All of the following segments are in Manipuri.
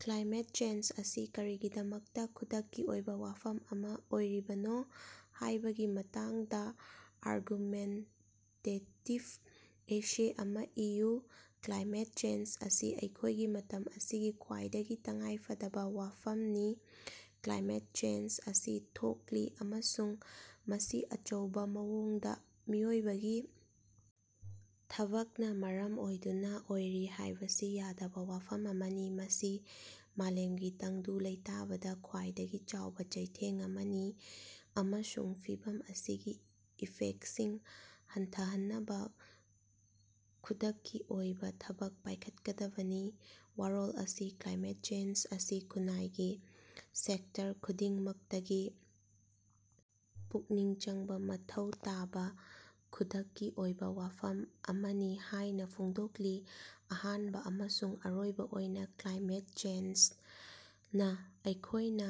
ꯀ꯭ꯂꯥꯏꯃꯦꯠ ꯆꯦꯟꯖ ꯑꯁꯤ ꯀꯔꯤꯒꯤꯗꯃꯛꯇ ꯈꯨꯗꯛꯀꯤ ꯑꯣꯏꯕ ꯋꯥꯐꯝ ꯑꯃ ꯑꯣꯏꯔꯤꯕꯅꯣ ꯍꯥꯢꯕꯒꯤ ꯃꯇꯥꯡꯗ ꯑꯥꯔꯒꯨꯃꯦꯟꯇꯦꯇꯤꯐ ꯑꯦꯁꯦ ꯑꯃ ꯏꯕꯤꯌꯨ꯫ ꯀ꯭ꯂꯥꯏꯃꯦꯠ ꯆꯦꯟꯖ ꯑꯁꯤ ꯑꯩꯈꯣꯌꯒꯤ ꯃꯇꯝ ꯑꯁꯤꯒꯤ ꯈ꯭ꯋꯥꯏꯗꯒꯤ ꯇꯉꯥꯏꯐꯗꯕ ꯋꯥꯐꯝꯅꯤ꯫ ꯀ꯭ꯂꯥꯏꯃꯦꯠ ꯆꯦꯟꯖ ꯑꯁꯤ ꯊꯣꯛꯂꯤ ꯑꯃꯁꯨꯡ ꯃꯁꯤ ꯑꯆꯧꯕ ꯃꯑꯣꯡꯗ ꯃꯤꯑꯣꯏꯕꯒꯤ ꯊꯕꯛꯅ ꯃꯔꯝ ꯑꯣꯏꯗꯨꯅ ꯑꯣꯏꯔꯤ ꯍꯥꯌꯕꯁꯤ ꯌꯥꯗꯕ ꯋꯥꯐꯝ ꯑꯃꯅꯤ꯫ ꯃꯁꯤ ꯃꯥꯂꯦꯝꯒꯤ ꯇꯪꯗꯨ ꯂꯩꯇꯥꯕꯗ ꯈ꯭ꯆꯥꯏꯗꯒꯤ ꯆꯥꯎꯕ ꯆꯩꯊꯦꯡ ꯑꯃꯅꯤ, ꯑꯃꯁꯨꯡ ꯐꯤꯚꯝ ꯑꯁꯤꯒꯤ ꯏꯐꯦꯛꯇꯁꯤꯡ ꯍꯟꯊꯍꯟꯅꯕ ꯈꯨꯗꯛꯀꯤ ꯑꯣꯏꯕ ꯊꯕꯛ ꯄꯥꯌꯈꯠꯀꯗꯕꯅꯤ꯫ ꯋꯥꯔꯣꯜ ꯑꯁꯤ ꯀ꯭ꯂꯥꯏꯃꯦꯠ ꯆꯦꯟꯖ ꯑꯁꯤ ꯈꯨꯟꯅꯥꯏꯒꯤ ꯁꯦꯛꯇꯔ ꯈꯨꯗꯤꯡꯃꯛꯇꯒꯤ ꯄꯨꯛꯅꯤꯡ ꯆꯪꯕ ꯃꯊꯧ ꯇꯥꯕ ꯈꯨꯗꯛꯀꯤ ꯑꯣꯏꯕ ꯋꯥꯐꯝ ꯑꯃꯅꯤ ꯍꯥꯢꯅ ꯐꯣꯡꯗꯣꯛꯂꯤ꯫ ꯑꯍꯥꯟꯕ ꯑꯃꯁꯨꯡ ꯑꯔꯣꯏꯕ ꯑꯣꯏꯅ, ꯀ꯭ꯂꯥꯏꯃꯦꯠ ꯆꯦꯟꯖꯅ ꯑꯩꯈꯣꯢꯅ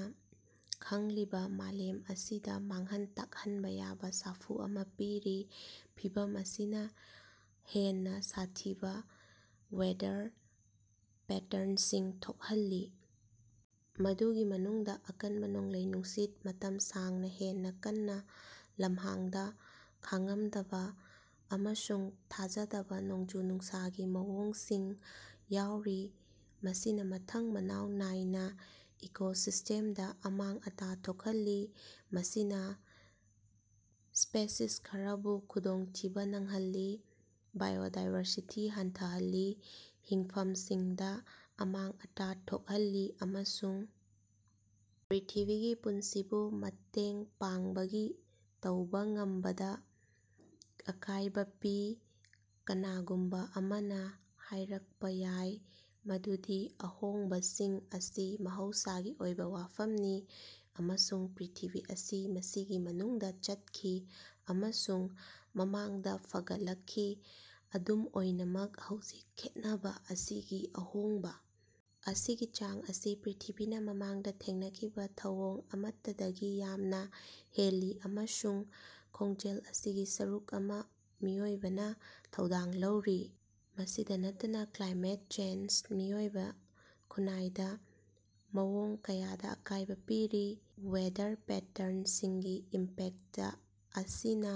ꯈꯪꯂꯤꯕꯥ ꯃꯥꯂꯦꯝ ꯑꯁꯤꯗ ꯃꯥꯡꯍꯟ ꯇꯥꯛꯍꯟꯕ ꯌꯥꯕ ꯁꯥꯐꯨ ꯑꯃ ꯄꯤꯔꯤ꯫ ꯐꯤꯚꯝ ꯑꯁꯤꯅ ꯍꯦꯟꯅ ꯁꯥꯊꯤꯕ ꯋꯦꯗꯔ ꯄꯦꯇꯔꯟꯁꯤꯡ ꯊꯣꯛꯍꯜꯂꯤ, ꯃꯗꯨꯒꯤ ꯃꯅꯨꯡꯗ ꯑꯀꯟꯕ ꯅꯣꯡꯂꯩ-ꯅꯨꯡꯁꯤꯠ, ꯃꯇꯝ ꯁꯥꯡꯅ ꯍꯦꯟꯅ ꯀꯟꯅ ꯂꯝꯍꯥꯡꯗ ꯈꯥꯡꯉꯝꯗꯕ, ꯑꯃꯁꯨꯡ ꯊꯥꯖꯗꯕ ꯅꯣꯡꯖꯨ-ꯅꯨꯡꯁꯥꯒꯤ ꯃꯑꯣꯡꯁꯤꯡ ꯌꯥꯎꯔꯤ꯫ ꯃꯁꯤꯅ ꯃꯊꯪ ꯃꯅꯥꯎ ꯅꯥꯏꯅ ꯏꯀꯣꯁꯤꯁ꯭ꯇꯦꯝꯗ ꯑꯃꯥꯡ-ꯑꯇꯥ ꯊꯣꯛꯍꯜꯂꯤ, ꯃꯁꯤꯅ ꯁ꯭ꯄꯦꯁꯤꯁ ꯈꯔꯕꯨ ꯈꯨꯗꯣꯡꯊꯤꯕ ꯅꯪꯍꯜꯂꯤ, ꯕꯥꯏꯑꯣꯗꯥꯏꯕꯔꯁꯤꯇꯤ ꯍꯟꯊꯍꯜꯂꯤ, ꯍꯤꯡꯐꯝꯁꯤꯡꯗ ꯑꯃꯥꯡ-ꯑꯇꯥ ꯊꯣꯛꯍꯜꯂꯤ ꯑꯃꯁꯨꯡ ꯄ꯭ꯔ꯭ꯤꯊꯤꯕꯤꯒꯤ ꯄꯨꯟꯁꯤꯕꯨ ꯃꯇꯦꯡ ꯄꯥꯡꯕꯒꯤ ꯇꯧꯕ ꯉꯝꯕꯗ ꯑꯀꯥꯌꯕ ꯄꯤ꯫ ꯀꯅꯥꯒꯨꯝꯕ ꯑꯃꯅ ꯍꯥꯢꯔꯛꯄ ꯌꯥꯏ ꯃꯗꯨꯗꯤ ꯑꯍꯣꯡꯕꯁꯤꯡ ꯑꯁꯤ ꯃꯍꯧꯁꯥꯒꯤ ꯑꯣꯏꯕ ꯋꯥꯐꯝꯅꯤ, ꯑꯃꯁꯨꯡ ꯄ꯭ꯔ꯭ꯤꯊꯤꯕꯤ ꯑꯁꯤ ꯃꯁꯤꯒꯤ ꯃꯅꯨꯡꯗ ꯆꯠꯈꯤ ꯑꯃꯁꯨꯡ ꯃꯃꯥꯡꯗ ꯐꯒꯠꯂꯛꯈꯤ꯫ ꯑꯗꯨꯝ ꯑꯣꯏꯅꯃꯛ ꯍꯧꯖꯤꯛ ꯈꯦꯟꯅꯕ ꯑꯁꯤꯒꯤ ꯑꯍꯣꯡꯕ ꯑꯁꯤꯒꯤ ꯆꯥꯡ ꯑꯁꯤ ꯄ꯭ꯔ꯭ꯤꯊꯤꯕꯤꯅ ꯃꯃꯥꯡꯗ ꯊꯦꯡꯅꯈꯤꯕ ꯊꯧꯑꯣꯡ ꯑꯃꯠꯇꯗꯒꯤ ꯌꯥꯝꯅ ꯍꯦꯜꯂꯤ ꯑꯃꯁꯨꯡ ꯃꯁꯤꯒꯤ ꯈꯣꯡꯖꯦꯜ ꯑꯁꯤꯒꯤ ꯁꯔꯨꯛ ꯑꯃ ꯃꯤꯑꯣꯏꯕꯅꯥ ꯊꯧꯗꯥꯡ ꯂꯧꯔꯤ꯫ ꯃꯁꯤꯗ ꯅꯠꯇꯅ ꯀ꯭ꯂꯥꯏꯃꯦꯠ ꯆꯦꯟꯖꯅ ꯃꯤꯑꯣꯏꯕꯥ ꯈꯨꯟꯅꯥꯏꯗ ꯃꯑꯣꯡ ꯀꯌꯥꯗ ꯑꯀꯥꯌꯕ ꯄꯤꯔꯤ꯫ ꯋꯦꯗꯔ ꯄꯦꯇꯔꯟꯁꯤꯡꯒꯤ ꯏꯝꯄꯦꯛꯇ ꯑꯁꯤꯅ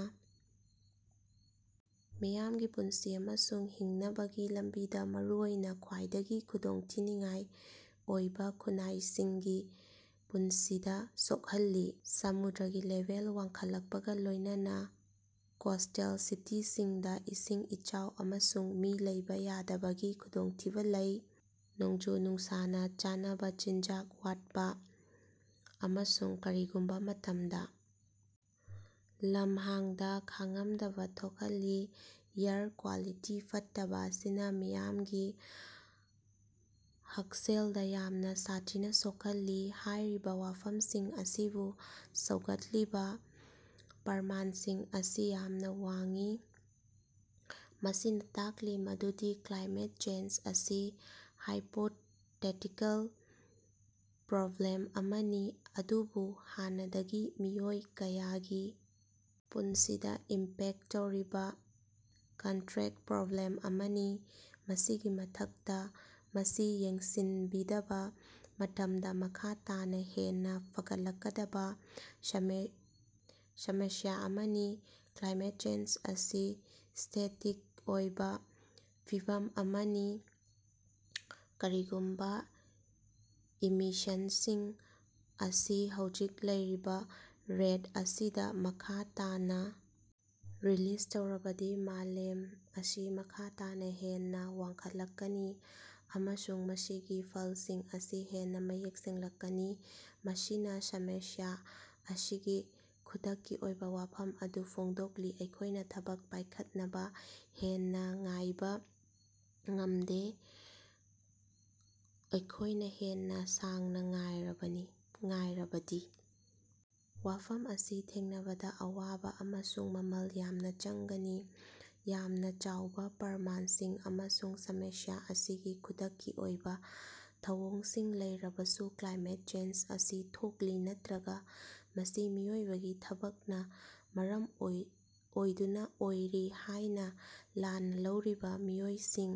ꯃꯤꯌꯥꯝꯒꯤ ꯄꯨꯟꯁꯤ ꯑꯃꯁꯨꯡ ꯍꯤꯡꯅꯕꯒꯤ ꯂꯝꯕꯤꯗ ꯃꯔꯨꯑꯣꯏꯅ ꯈ꯭ꯋꯥꯏꯗꯒꯤ ꯈꯨꯗꯣꯡꯊꯤꯅꯤꯉꯥꯏ ꯑꯣꯏꯕ ꯈꯨꯟꯅꯥꯏꯁꯤꯡꯒꯤ ꯄꯨꯟꯁꯤꯗ ꯁꯣꯛꯍꯜꯂꯤ꯫ ꯁꯃꯨꯗ꯭ꯔꯒꯤ ꯂꯦꯚꯦꯜ ꯋꯥꯡꯈꯠꯂꯛꯄꯒ ꯂꯣꯌꯅꯅ ꯀꯣꯁ꯭ꯇꯦꯜ ꯁꯤꯇꯤꯁꯤꯡꯗ ꯏꯁꯤꯡ ꯏꯆꯥꯎ ꯑꯃꯁꯨꯡ ꯃꯤ ꯂꯩꯕ ꯌꯥꯗꯕꯒꯤ ꯈꯨꯗꯣꯡꯊꯤꯕ ꯂꯩ꯫ ꯅꯣꯡꯖꯨ-ꯅꯨꯡꯁꯥꯅ ꯆꯥꯅꯕ ꯆꯤꯟꯖꯥꯛ ꯋꯥꯠꯄ ꯑꯃꯁꯨꯡ ꯀꯔꯤꯒꯨꯝꯕ ꯃꯇꯝꯗ ꯂꯝꯍꯥꯡꯗ ꯈꯥꯡꯉꯝꯗꯕ ꯊꯣꯛꯍꯜꯂꯤ꯫ ꯑꯦꯌꯔ ꯀ꯭ꯋꯥꯂꯤꯇꯤ ꯐꯠꯇꯕ ꯑꯁꯤꯅ ꯃꯤꯌꯥꯝꯒꯤ ꯍꯛꯁꯦꯜꯗ ꯌꯥꯝꯅ ꯁꯥꯊꯤꯅ ꯁꯣꯛꯍꯜꯂꯤ꯫ ꯍꯥꯌꯔꯤꯕ ꯋꯥꯐꯃꯝꯁꯤꯡ ꯑꯁꯤꯕꯨ ꯁꯧꯒꯠꯂꯤꯕ ꯄ꯭ꯔꯃꯥꯟꯁꯤꯡ ꯑꯁꯤ ꯌꯥꯝꯅ ꯋꯥꯡꯏ, ꯃꯁꯤꯅ ꯇꯥꯛꯂꯤ ꯃꯗꯨꯗꯤ ꯀ꯭ꯂꯥꯏꯃꯦꯠ ꯆꯦꯟꯖ ꯑꯁꯤ ꯍꯥꯏꯄꯣꯇꯦꯇꯤꯀꯜ ꯄ꯭ꯔꯣꯕ꯭ꯂꯦꯝ ꯑꯃꯅꯤ, ꯑꯗꯨꯕꯨ ꯍꯥꯟꯅꯗꯒꯤ ꯃꯤꯑꯣꯏ ꯀꯌꯥꯒꯤ ꯄꯨꯟꯁꯤꯗ ꯏꯝꯄꯦꯛꯇ ꯇꯧꯔꯤꯕ ꯀꯟꯇ꯭ꯔꯦꯛꯇ ꯄ꯭ꯔꯣꯕ꯭ꯂꯦꯝ ꯑꯃꯅꯤ꯫ ꯃꯁꯤꯒꯤ ꯃꯊꯛꯇ, ꯃꯁꯤ ꯌꯦꯡꯁꯤꯟꯕꯤꯗꯕ ꯃꯇꯝꯗ ꯃꯈꯥ ꯇꯥꯅ ꯍꯦꯟꯅ ꯐꯒꯠꯂꯛꯀꯗꯕ ꯁꯃꯁ꯭ꯌꯥ ꯑꯃꯅꯤ꯫ ꯀ꯭ꯂꯥꯏꯃꯦꯠ ꯆꯦꯟꯖ ꯑꯁꯤ ꯁ꯭ꯇꯦꯇꯤꯛ ꯑꯣꯏꯕꯥ ꯐꯤꯚꯝ ꯑꯃꯅꯤ, ꯀꯔꯤꯒꯨꯝꯕ ꯏꯃꯤꯁꯟꯁꯤꯡ ꯑꯁꯤ ꯍꯧꯖꯤꯛ ꯂꯩꯔꯤꯕ ꯔꯦꯠ ꯑꯁꯤꯗ ꯃꯈꯥ ꯇꯥꯅ ꯔꯤꯂꯤꯖ ꯇꯧꯔꯕꯗꯤ ꯃꯥꯂꯦꯝ ꯑꯁꯤ ꯃꯈꯥ ꯇꯥꯅ ꯍꯦꯟꯅ ꯋꯥꯡꯈꯠꯂꯛꯀꯅꯤ, ꯑꯃꯁꯨꯡ ꯃꯁꯤꯒꯤ ꯐꯜꯁꯤꯡ ꯑꯁꯤ ꯍꯦꯟꯅ ꯃꯌꯦꯛ ꯁꯦꯡꯂꯛꯀꯅꯤ꯫ ꯃꯁꯤꯅ ꯁꯃꯁ꯭ꯌꯥ ꯑꯁꯤꯒꯤ ꯈꯨꯗꯛꯀꯤ ꯑꯣꯏꯕ ꯋꯥꯐꯝ ꯑꯗꯨ ꯐꯣꯡꯗꯣꯛꯂꯤ ꯑꯩꯈꯣꯌꯅ ꯊꯕꯛ ꯄꯥꯌꯈꯠꯅꯕ ꯍꯦꯟꯅ ꯉꯥꯏꯕ ꯉꯝꯗꯦ꯫ ꯑꯩꯈꯣꯌꯅ ꯍꯦꯟꯅ ꯁꯥꯡꯅ ꯉꯥꯢꯔꯕꯅꯤ ꯉꯥꯏꯔꯕꯗꯤ, ꯋꯥꯐꯝ ꯑꯁꯤ ꯊꯦꯡꯅꯕꯗ ꯑꯋꯥꯕ ꯑꯃꯁꯨꯡ ꯃꯃꯜ ꯌꯥꯝꯅ ꯆꯪꯒꯅꯤ꯫ ꯌꯥꯝꯅ ꯆꯥꯎꯕ ꯄ꯭ꯔꯃꯥꯟꯁꯤꯡ ꯑꯃꯁꯨꯡ ꯁꯃꯁ꯭ꯌꯥ ꯑꯁꯤꯒꯤ ꯈꯨꯗꯛꯀꯤ ꯑꯣꯏꯕ ꯊꯧꯑꯣꯡꯁꯤꯡ ꯂꯩꯔꯕꯁꯨ, ꯀ꯭ꯂꯥꯏꯃꯦꯠ ꯆꯦꯟꯖ ꯑꯁꯤ ꯊꯣꯛꯂꯤ ꯅꯠꯇ꯭ꯔꯒꯥ ꯃꯁꯤ ꯃꯤꯑꯣꯏꯕꯒꯤ ꯊꯕꯛꯅ ꯃꯔꯝ ꯑꯣꯏꯗꯨꯅ ꯑꯣꯏꯔꯤ ꯍꯥꯌꯅ ꯂꯥꯟꯅ ꯂꯧꯔꯤꯕ ꯃꯤꯑꯣꯏꯁꯤꯡ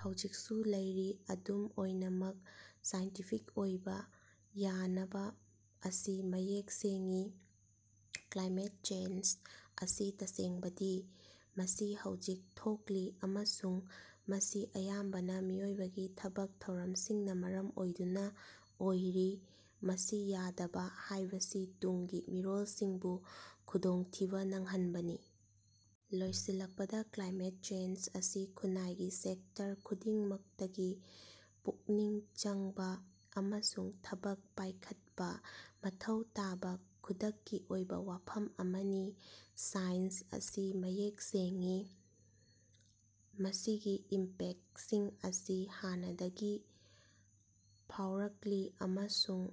ꯍꯧꯖꯤꯛꯁꯨ ꯂꯩꯔꯤ꯫ ꯑꯗꯨꯝ ꯑꯣꯏꯅꯃꯛ, ꯁꯥꯏꯟꯇꯤꯐꯤꯛ ꯑꯣꯏꯕ ꯌꯥꯅꯕ ꯑꯁꯤ ꯃꯌꯦꯛ ꯁꯦꯡꯏ: ꯀ꯭ꯂꯥꯏꯃꯦꯠ ꯆꯦꯟꯖ ꯑꯁꯤ ꯇꯁꯦꯡꯕꯅꯤ, ꯃꯁꯤ ꯍꯧꯖꯤꯛ ꯊꯣꯛꯂꯤ, ꯑꯃꯁꯨꯡ ꯃꯁꯤ ꯑꯌꯥꯝꯕꯅ ꯃꯤꯑꯣꯏꯕꯒꯤ ꯊꯕꯛ ꯊꯧꯔꯝꯁꯤꯡꯅ ꯃꯔꯝ ꯑꯣꯏꯗꯨꯅ ꯑꯣꯏꯔꯤ꯫ ꯃꯁꯤ ꯌꯥꯗꯕ ꯍꯥꯌꯕꯁꯤ ꯇꯨꯡꯒꯤ ꯃꯤꯔꯣꯜꯁꯤꯡꯕꯨ ꯈꯨꯗꯣꯡꯊꯤꯕ ꯅꯪꯍꯟꯕꯅꯤ꯫ ꯂꯣꯏꯁꯤꯜꯂꯛꯄꯗ, ꯀ꯭ꯂꯥꯏꯃꯦꯠ ꯆꯦꯟꯖ ꯑꯁꯤ ꯈꯨꯟꯅꯥꯏꯒꯤ ꯁꯦꯛꯇꯔ ꯈꯨꯗꯤꯡꯃꯛꯇꯒꯤ ꯄꯨꯛꯅꯤꯡ ꯆꯪꯕ ꯑꯃꯁꯨꯡ ꯊꯕꯛ ꯄꯥꯌꯈꯠꯄ ꯃꯊꯧ ꯇꯥꯕ ꯈꯨꯗꯛꯀꯤ ꯑꯣꯏꯕ ꯋꯥꯐꯝ ꯑꯃꯅꯤ꯫ ꯁꯥꯏꯟꯁ ꯑꯁꯤ ꯃꯌꯦꯛ ꯁꯦꯡꯏ, ꯃꯁꯤꯒꯤ ꯏꯝꯄꯦꯛꯇꯁꯤꯡ ꯑꯁꯤ ꯍꯥꯟꯅꯗꯒꯤ ꯐꯥꯑꯣꯔꯛꯂꯤ ꯑꯃꯁꯨꯡ